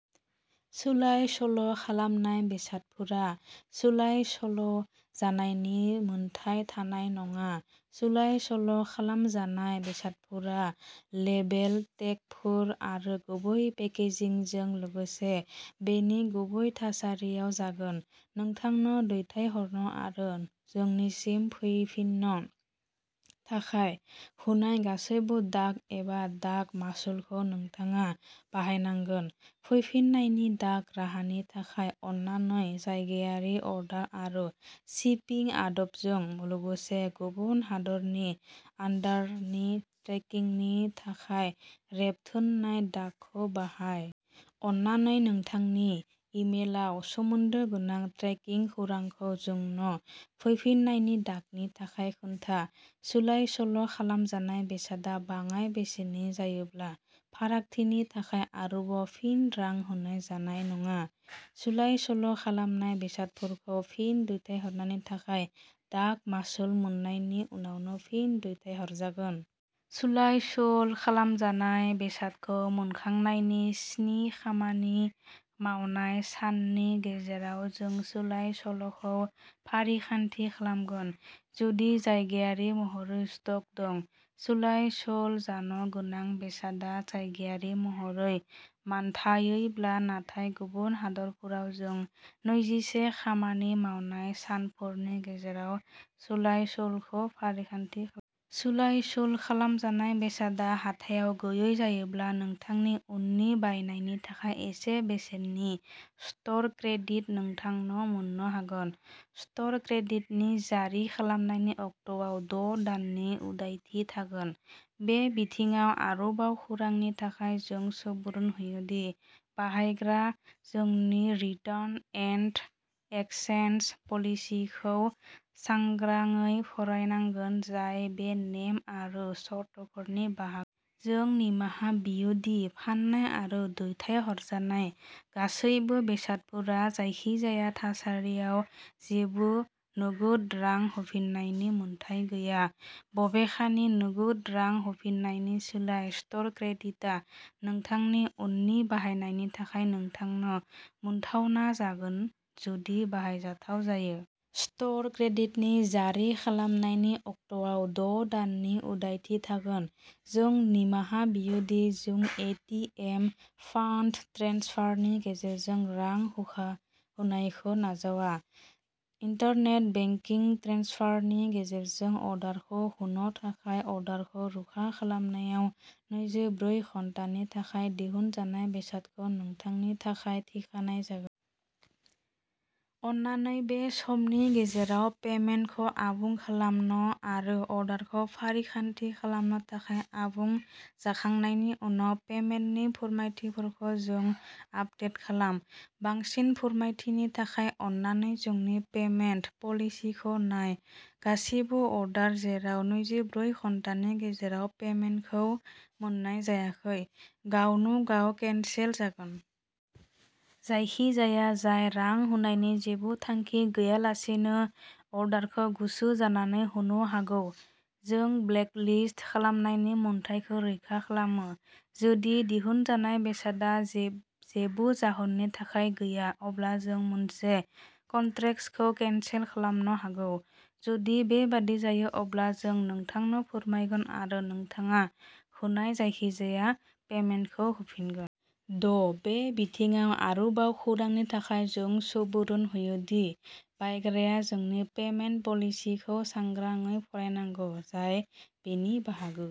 सोलाय-सोल'खालामनाय बेसादफोरा सोलाय-सोल'जानायनि मोनथाय थानाय नङा। सोलाय-सोल'खालामजानाय बेसादफोरा लेबेल/टेगफोर आरो गुबै पेकेजिंजों लोगोसे बेनि गुबै थासारिफोराव जागोन। नोंथांनो दैथायहरनो आरो जोंनिसिम फैफिननो थाखाय होनाय गासैबो डाक एबा डाक मासुलखौ नोंथाङा बाहायनांगोन। फैफिन्नायनि डाक राहानि थाखाय, अन्नानै जायगायारि अर्डार आरो शिपिं आदबजों लोगोसे गुबुन हादोरनि अर्डारनि ट्रेकिंनि थाखाय रेबथुमनाय डाकखौ बाहाय। अन्नानै नोंथांनि इमेलआव सोमोन्दो गोनां ट्रेकिं खौरांखौ जोंनो फैफिन्नायनि डाकनि थाखाय खोन्था। सोलाय-सोल'खालामजानाय बेसादआ बाङाय बेसेननि जायोब्ला, फारागथिनि थाखाय आरोबाव फिन-रां होनाय जानाय नङा। सोलाय-सोल'खालामनाय बेसादफोरखौ फिन-दैथायहरनायनि थाखाय डाक मासुल मोन्नायनि उनावनो फिन-दैथायहरजागोन। सोलाय-सोलखालामजानाय बेसादखौ मोनखांनायनि स्नि खामानि मावनाय साननि गेजेराव जों सोलाय-सोल'खौ फारिखान्थि खालामगोन जुदि जायगायारि महरै स्टक दं। सोलाय-सोल जानो गोनां बेसादआ जायगायारि महरै मानथावैब्ला। नाथाय गुबुन हादोरफोराव, जों नैजिसे खामानि मावनाय सानफोरनि गेजेराव सोलाय-सोलखौ फारिखान्थि खालाम। सोलाय-सोलखालामजानाय बेसादआ हाथाइआव गैयै जायोब्ला, नोंथांनि उननि बायनायनि थाखाय एसे बेसेननि स्ट'र क्रेडिट नोंथांनो मोन्नो हागोन। स्ट'र क्रेडिटनि जारि खालामनायनि अक्ट'आव द' दाननि उदायथि थागोन। बे बिथिङाव आरोबाव खौरांनि थाखाय, जों सुबुरुन होयो दि बाहायग्राया जोंनि "रिटार्न एन्ड एक्सचेन्ज पलिसि" खौ सांग्राङै फरायनांगोन, जाय बे नेम आरो सर्तफोरनि बाहाग। जों निमाहा बियो दि फान्नाय आरो दैथायहरजानाय गासैबो बेसादफोरा जायखिजाया थासारियाव जेबो नोगोद रां होफिन्नायनि मोनथाय गैया। बबेखानि, नोगोद रां होफिन्नायनि सोलाय, स्ट'र क्रेडिटआ नोंथांनि उननि बाहायनायनि थाखाय नोंथांनो मोनथावना जागोन जुदि बाहायजाथाव जायो। स्ट'र क्रेडिटनि जारि खालामनायनि अक्ट'आव द' दाननि उदायथि थागोन। जों निमाहा बियो दि जों ए. टि. एम. फान्ड ट्रेन्सफारनि गेजेरजों रां होनायखौ नाजावा। इन्टारनेट बेंकिं ट्रेन्सफारनि गेजेरजों अर्डारखौ होनो थाखाय, अर्डारखौ रोखा खालामनायाव नैजिब्रै घन्टानि थाखाय दिहुनजानाय बेसादखौ नोंथांनि थाखाय थिखानाय जागोन। अन्नानै बे समनि गेजेराव पेमेन्टखौ आबुं खालामनो आरो अर्डारखौ फारिखान्थि खालामनो थाखाय आबुं जाखांनायनि उनाव पेमेन्टनि फोरमायथिफोरखौ जों आपडेट खालाम। बांसिन फोरमायथिनि थाखाय, अन्नानै जोंनि "पेमेन्ट पलिसि" खौ नाय। गासिबो अर्डार जेराव नैजिब्रै घन्टानि गेजेराव पेमेन्टखौ मोन्नाय जायाखै, गावनो गाव केन्सेल जागोन। जायखिजाया जाय रां होनायनि जेबो थांखि गैयालासेनो अर्डारखौ गोसो जानानै होनो हागौ, जों ब्लेकलिस्ट खालामनायनि मोन्थाइखौ रैखा खालामो। जुदि दिहुनजानाय बेसादआ जेब जेबो जाहोननि थाखाय गैया, अब्ला जों मोनसे कन्ट्रेक्सखौ केन्सेल खालामनो हागौ। जुदि बेबादि जायो, अब्ला जों नोंथांनो फोरमायगोन आरो नोंथाङा होनाय जायखिजाया पेमेन्टखौ होफिनगोन। द' बे बिथिङाव आरोबाव खौरांनि थाखाय, जों सुबुरुन होयो दि बायग्राया जोंनि "पेमेन्ट पलिसि" खौ सांग्राङै फरायनांगौ, जाय बेनि बाहागो।